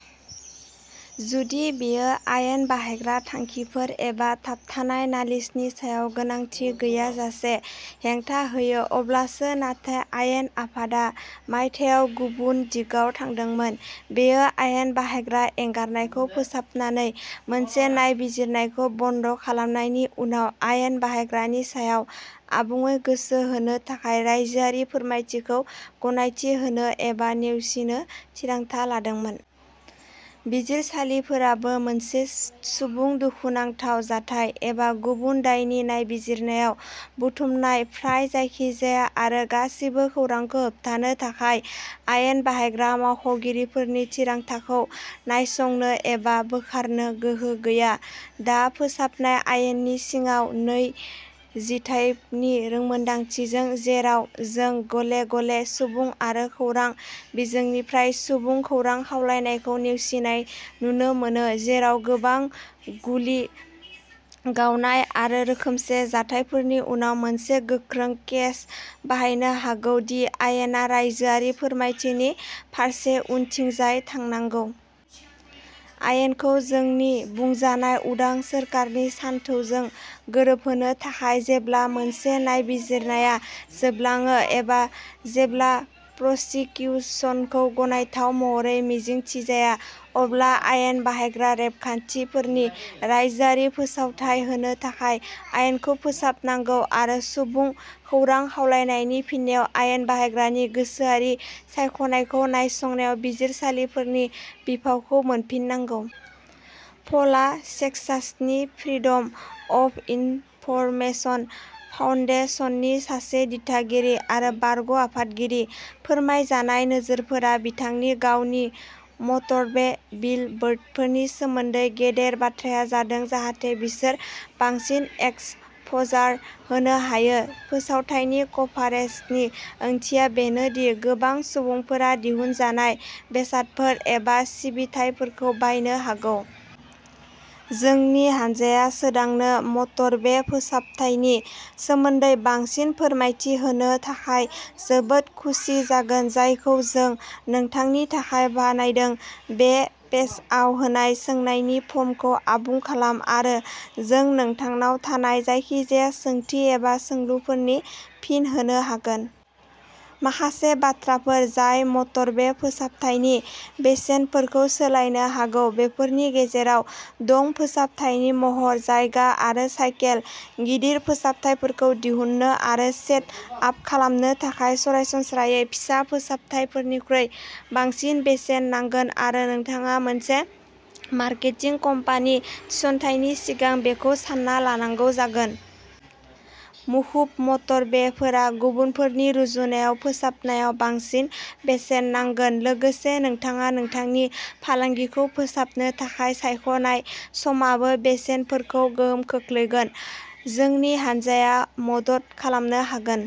जुदि बेयो आयेन बाहायग्रा थांखिफोर एबा थाबथानाय नालिसनि सायाव गोनांथि गैयाजासे हेंथा होयो अब्लासो। नाथाय आयेन आफादा मायथाइयाव गुबुन दिगाव थांदोंमोन। बेयो आयेन बाहायग्रा एंगारनायखौ फोसाबनानै मोनसे नायबिजिरनायखौ बन्द खालामनायनि उनाव आयेन बाहायग्रानि सायाव आबुङै गोसो होनो थाखाय रायजोआरि फोरमायथिखौ गनायथि होनो एबा नेवसिनो थिरांथा लादोंमोन। बिजिरसालिफोराबो मोनसे सुबुं दुखुनांथाव जाथाय एबा गुबुन दायनि नायबिजिरनायाव बुथुमनाय फ्राय जायखिजाया आरो गासिबो खौरांखौ होबथानो थाखाय आयेन बाहायग्रा मावख'गिरिफोरनि थिरांथाखौ नायसंनो एबा बोखारनो गोहो गैया। दा, फोसाबनाय आयेननि सिङाव नै जिथायनि रोंमोनदांथिजों जेराव जों गले-गले सुबुं आरो खौरां बिजोंनिफ्राय सुबुं खौरां खावलायनायखौ नेवसिनाय नुनो मोनो, जेराव गोबां गुलि गावनाय आरो रोखोमसे जाथायफोरनि उनाव, मोनसे गोख्रों केस बाहायनो हागौ दि आयेना रायजोआरि फोरमायथिनि फारसे उनथिंजाय थांनांगौ। आयेनखौ जोंनि बुंजानाय उदां सोरखारनि सानथौजों गोरोबहोनो थाखाय, जेब्ला मोनसे नायबिजिरनाया जोबलाङो एबा जेब्ला प्रसिकिउसनखौ गनायथाव महरै मिजिंथिजाया अब्ला आयेन बाहायग्रा रेबखान्थिफोरनि रायजोआरि फोसावथाय होनो थाखाय आइनखौ फोसाबनांगौ आरो सुबुं खौरां खावलायनायनि फिननायाव आयेन बाहायग्रानि गोसोआरि सायख'नायफोरखौ नायसंनायाव बिजिरसालिफोरनि बिफावखौ मोनफिननांगौ। पलआ सेक्सासनि फ्रिडम अफ इनफरमेशन फाउन्डेशननि सासे दिथागिरि आरो बारग' आफादगिरि। फोरमायजानाय नोजोरफोरा बिथांनि गावनि। मटरवे बिलबोर्डफोरनि सोमोन्दै गेदेर बाथ्राया जादों जाहाथे बिसोर बांसिन एक्सप'जार होनो हायो। फोसावथायनि कभारेजनि ओंथिया बेनो दि गोबां सुबुंफोरा दिहुनजानाय बेसादफोर एबा सिबिथाइफोरखौ बायनो हागौ। जोंनि हान्जाया सोदांनो मटरवे फोसाबथायनि सोमोन्दै बांसिन फोरमायथि होनो थाखाय जोबोद खुसि जागोन, जायखौ जों नोंथांनि थाखाय बानायदों बे पेजआव होनाय सोंनायनि फर्मखौ आबुं खालाम आरो जों नोंथांनाव थानाय जायखिजाया सोंथि एबा सोंलुफोरनि फिन होनो हागोन। माखासे बाथ्राफोर जाय मटरवे फोसाबथायनि बेसेनफोरखौ सोलायनो हागौ, बेफोरनि गेजेराव दं फोसाबथायनि महर, जायगा आरो साइकेल। गिदिर फोसाबथाइफोरखौ दिहुन्नो आरो सेट आप खालामनो थाखाय सरासनस्रायै फिसा फोसाबथाइफोरनिख्रुइ बांसिन बेसेन नांगोन आरो नोंथाङा मोनसे मार्केटिं कम्पानि थिसनथायनि सिगां बेखौ सान्ना लानांगौ जागोन। मुखुब मटरवेफोरा गुबुनफोरनि रुजुनायाव फोसाबनायाव बांसिन बेसेन नांगोन। लोगोसे, नोंथाङा नोंथांनि फालांगिखौ फोसाबनो थाखाय सायख'नाय समआबो बेसेनफोरखौ गोहोम खोख्लैगोन। जोंनि हान्जाया मदद खालामनो हागोन।